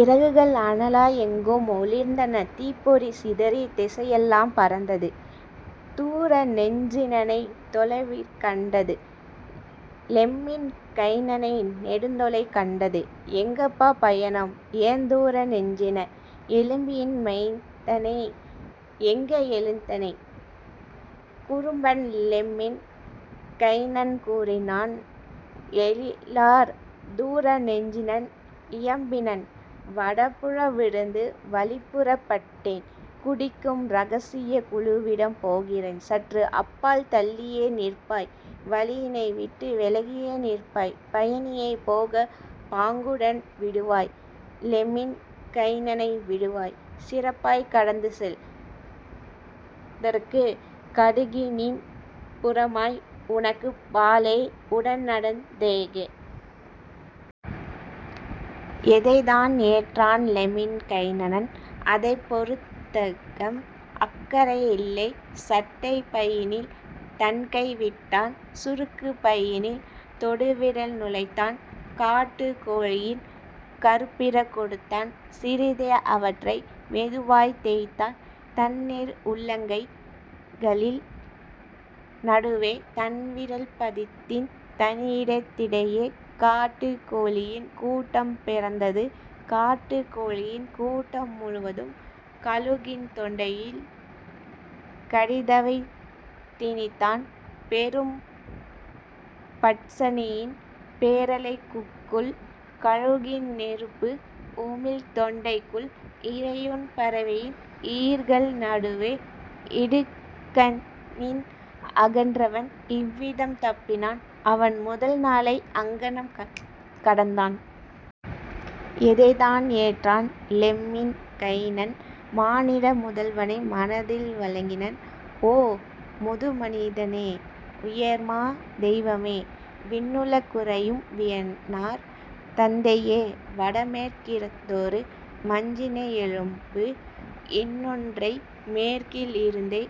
இறகுகள் அனலாய் எங்கும் ஒளிர்ந்தன தீப்பொறி சிதறி திசையெல்லாம் பறந்தது. தூரநெஞ் சினனை தொலைவிற் கண்டது லெம்மின் கைனனை நெடுந்தொலை கண்டது: "எங்கப்பா பயணம் ஏ, தூர நெஞ்சின? லெம்பியின் மைந்தனே, எங்கே எழுந்தனை? " குறும்பன் லெம்மின் கைனன் கூறினான் எழிலார் தூர நெஞ்சினன் இயம்பினன்: "வடபுல விருந்து, வழிப்புறப் பட்டேன், குடிக்கும் இரகசியக் குழுவிடம் போகிறேன்; சற்று அப்பால் தள்ளியே நிற்பாய் வழியினை விட்டே விலகியே நிற்பாய் பயணியைப் போகப் பாங்குடன் விடுவாய் லெம்மின் கைனனை விடுவாய் சிறப்பாய் கடந்துசெல் தற்கு கடுகிநின் புறமாய் உனக்கப் பாலே உடன்நடந் தேக! " எதைத்தான் ஏற்றான் லெம்மின் கைனன் அதைப்பொறுத் தகம் அக்கறை யில்லை சட்டைப் பையினில் தன்கை விட்டான் சுருக்குப் பையினில் தொடுவிரல் நுழைத்தான் காட்டுக் கோழியின் கறுப்பிற கொடுத்தான் சிறிதே அவற்றை மெதுவாய்த் தேய்த்தான் தன்னிரு உள்ளங் கைகளின் நடுவே தன்விரல் பத்தின் தனியிடத் திடையே காட்டுக் கோழியின் கூட்டம் பிறந்தது காட்டுக் கோழியின் கூட்டம் முழுவதும் கழுகின் தொண்டையுள் கடிதவை திணித்தான் பெரும் பட்சணியின் பேரல குக்குள் கழுகின் நெருப்பு உமிழ்தொண் டைக்குள் இரையுண் பறவையின் ஈறுகள் நடுவே; இடுக்கணில் அன்றவன் இவ்விதம் தப்பினான் அவன் முதல்நாளை அங்ஙனம் கடந்தான். எதைத்தான் ஏற்றான் லெம்மின் கைனன் மானிட முதல்வனை மனதில் வணங்கினன்: "ஓ, முது மனிதனே, உயர்மா தெய்வமே! விண்ணுல குறையும் வியனார் தந்தையே! வடமேற்கிருந்தொரு மஞ்சினை யெழுப்பு இன்னொன்றை மேற்கில் இருந்தே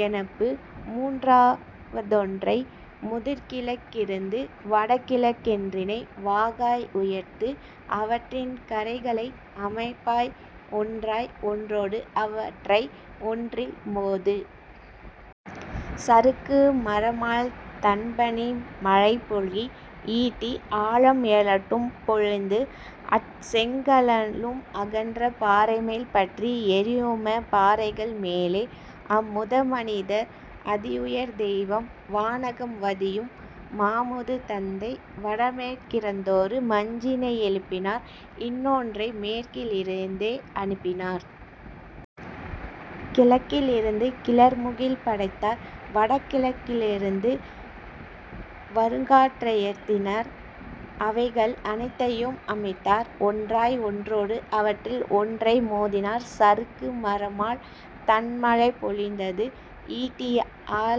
யனுப்பு மூன்றாவ தொன்றை முதிர்கிழக் கிருந்து வடகிழக் கென்றினை வாகாய் உயர்த்து அவற்றின் கரைகளை அமைப்பாய் ஒன்றாய் ஒன்றொடு அவற்றை ஒன்றில் மோது! சறுக்கு மரமாழ் தண்பனி மழைபொழி ஈட்டி ஆழம் எழட்டும் பொழிந்து அச்செங் கனலும் அகன்ற பாறைமேல் பற்றி எரியுமப் பாறைகள் மேலே! " அம்முது மனிதர், அதிஉயர் தெய்வம், வானகம் வதியும் மாமுது தந்தை, வடமேற் கிருந்தொரு மஞ்சினை எழுப்பினார் இன்னொன்றை மேற்கில் இருந்தே அனுப்பினார் கிழக்கி லிருந்தும் கிளர்முகில் படைத்தார் வடகிழக் கிருந்து வருகாற் றுயர்த்தினார் அவைகள் அனைத்தையும் அமைத்தார் ஒன்றாய் ஒன்றொடு அவற்றில் ஒன்றை மோதினார் சறுக்கு மரமாழ் தண்மழை பொழிந்தது ஈட்டிஆ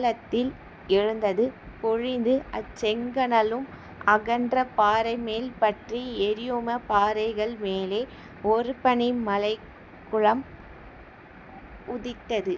ழத்தில் எழுந்தது பொழிந்து அச்செங் கனலும் அகன்ற பாறைமேல் பற்றி எரியுமப் பாறைகள் மேலே; ஒருபனி மழைக்குளம் உதித்தது